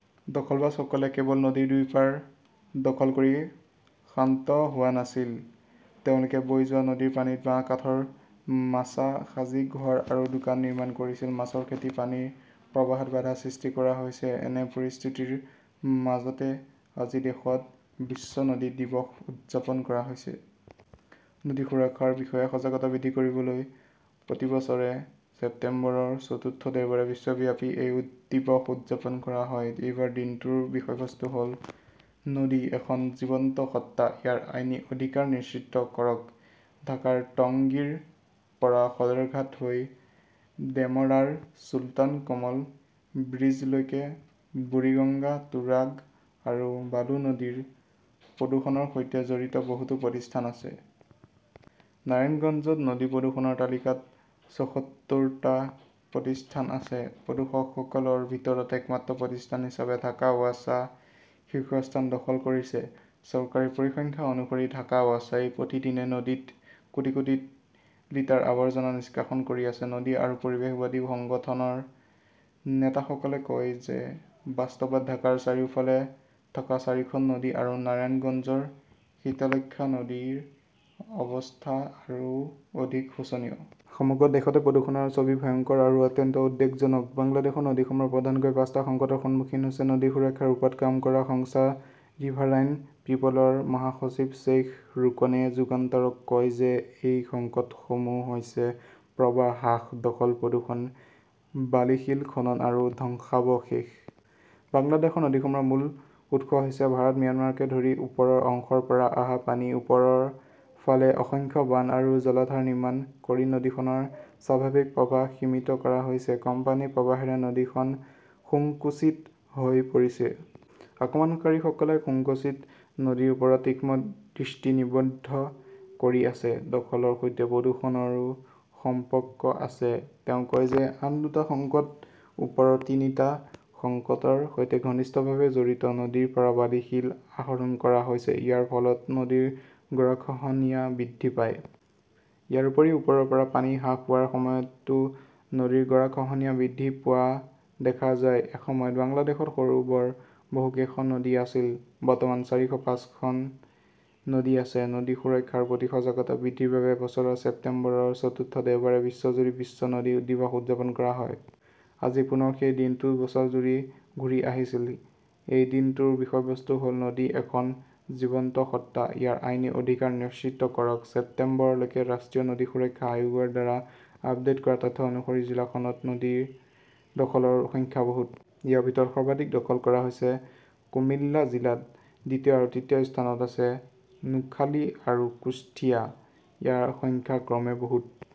দখলবাজসকলে কেৱল নদীৰ দুয়োপাৰ দখল কৰি শান্ত হোৱা নাছিল। তেওঁলোকে বৈ যোৱা নদীৰ পানীত বাঁহ কাঠৰ মাচা সাজি ঘৰ আৰু দোকান নিৰ্মাণ কৰিছিল। মাছৰ খেতি পানীৰ প্ৰবাহত বাধা সৃষ্টি কৰা হৈছে। এনে পৰিস্থিতিৰ মাজতে আজি দেশত বিশ্ব নদী দিৱস উদযাপন কৰা হৈছে। নদী সুৰক্ষাৰ বিষয়ে সজাগতা বৃদ্ধি কৰিবলৈ প্ৰতি বছৰে ছেপ্টেম্বৰৰ চতুৰ্থ দেওবাৰে বিশ্বব্যাপী এই দিৱস উদযাপন কৰা হয়। এইবাৰ দিনটোৰ বিষয়বস্তু হ'ল নদী এখন জীৱন্ত সত্তা, ইয়াৰ আইনী অধিকাৰ নিশ্চিত কৰক। ঢাকাৰ টংগীৰ পৰা সদৰঘাট হৈ ডেমৰাৰ চুলতান কমল ব্ৰীজলৈকে বুৰিগঙ্গা, তুৰাগ আৰু বালু নদীৰ প্ৰদূষণৰ সৈতে জড়িত বহুতো প্ৰতিষ্ঠান আছে। নাৰায়ণগঞ্জত নদী প্ৰদূষণৰ তালিকাত চৌসত্তৰটা প্ৰতিষ্ঠান আছে। প্ৰদূষকসকলৰ ভিতৰত একমাত্ৰ প্ৰতিষ্ঠান হিচাপে ঢাকা ৱাছা শীৰ্ষস্থান দখল কৰিছে। চৰকাৰী পৰিসংখ্যা অনুসৰি, ঢাকা ৱাছাই প্ৰতিদিনে নদীত কোটি কোটি লিটাৰ আৱৰ্জনা নিষ্কাশন কৰি আছে। নদী আৰু পৰিৱেশবাদী সংগঠনৰ নেতাসকলে কয় যে বাস্তৱত ঢাকাৰ চাৰিওফালে থকা চাৰিখন নদী আৰু নাৰায়ণগঞ্জৰ শীতলক্ষ্যা নদীৰ অৱস্থা আৰু অধিক শোচনীয়। সমগ্ৰ দেশতে প্ৰদূষণৰ ছবি ভয়ংকৰ আৰু অত্যন্ত উদ্বেগজনক। বাংলাদেশৰ নদীসমূহ প্ৰধানকৈ পাঁচটা সংকটৰ সন্মুখীন হৈছে। নদী সুৰক্ষাৰ ওপৰত কাম কৰা সংস্থা ৰিভাৰাইন পিপলৰ মহাসচিব শ্বেইখ ৰোকনে যুগান্তৰক কয় যে এই সংকটসমূহ হৈছে প্ৰৱাহ হ্ৰাস, দখল, প্ৰদূষণ, বালিশিল খনন আৰু ধ্বংসাৱশেষ। বাংলাদেশৰ নদীসমূহৰ মূল উৎস হৈছে ভাৰত ম্যানমাৰকে ধৰি ওপৰৰ অংশৰ পৰা অহা পানী। ওপৰৰ ফালে অসংখ্য বান্ধ আৰু জলাধাৰ নিৰ্মাণ কৰি নদীখনৰ স্বাভাৱিক প্ৰৱাহ সীমিত কৰা হৈছে। কম পানীৰ প্ৰৱাহেৰে নদীখন সংকুচিত হৈ পৰিছে। আক্ৰমণকাৰীসকলে সংকুচিত নদীৰ ওপৰত তীক্ষ্ণ দৃষ্টি নিবদ্ধ কৰি আছে। দখলৰ সৈতে প্ৰদূষণৰো সম্পৰ্ক আছে। তেওঁ কয় যে আন দুটা সংকট ওপৰৰ তিনিটা সংকটৰ সৈতে ঘনিষ্ঠভাৱে জড়িত। নদীৰ পৰা বালি শিল আহৰণ কৰা হৈছে। ইয়াৰ ফলত নদীৰ গৰাখহনীয়া বৃদ্ধি পায়। ইয়াৰ উপৰিও, ওপৰৰ পৰা পানী হ্ৰাস হোৱাৰ সময়তো নদীৰ গৰাখহনীয়া বৃদ্ধি পোৱা দেখা যায়। এসময়ত বাংলাদেশত সৰু বৰ বহু কেইখন নদী আছিল। বৰ্তমান চাৰিশ পাঁচখন নদী আছে। নদী সুৰক্ষাৰ প্ৰতি সজাগতা বৃদ্ধিৰ বাবে বছৰৰ ছেপ্টেম্বৰৰ চতুৰ্থ দেওবাৰে বিশ্বজুৰি বিশ্ব নদী দিৱস উদযাপন কৰা হয়। আজি পুনৰ সেই দিনটো বছৰজুৰি ঘূৰি আহিছিল। এই দিনটোৰ বিষয়বস্তু হ'ল নদী এখন জীৱন্ত সত্তা, ইয়াৰ আইনী অধিকাৰ নিশ্চিত কৰক। ছেপ্টেম্বৰলৈকে ৰাষ্ট্ৰীয় নদী সুৰক্ষা আয়োগৰ দ্বাৰা আপডেট কৰা তথ্য অনুসৰি, জিলাখনত নদী দখলৰ সংখ্যা বহুত। ইয়াৰ ভিতৰত সৰ্বাধিক দখল কৰা হৈছে কুমিল্লা জিলাত। দ্বিতীয় আৰু তৃতীয় স্থানত আছে নোখালী আৰু কুষ্টিয়া। ইয়াৰ সংখ্যা ক্ৰমে বহুত।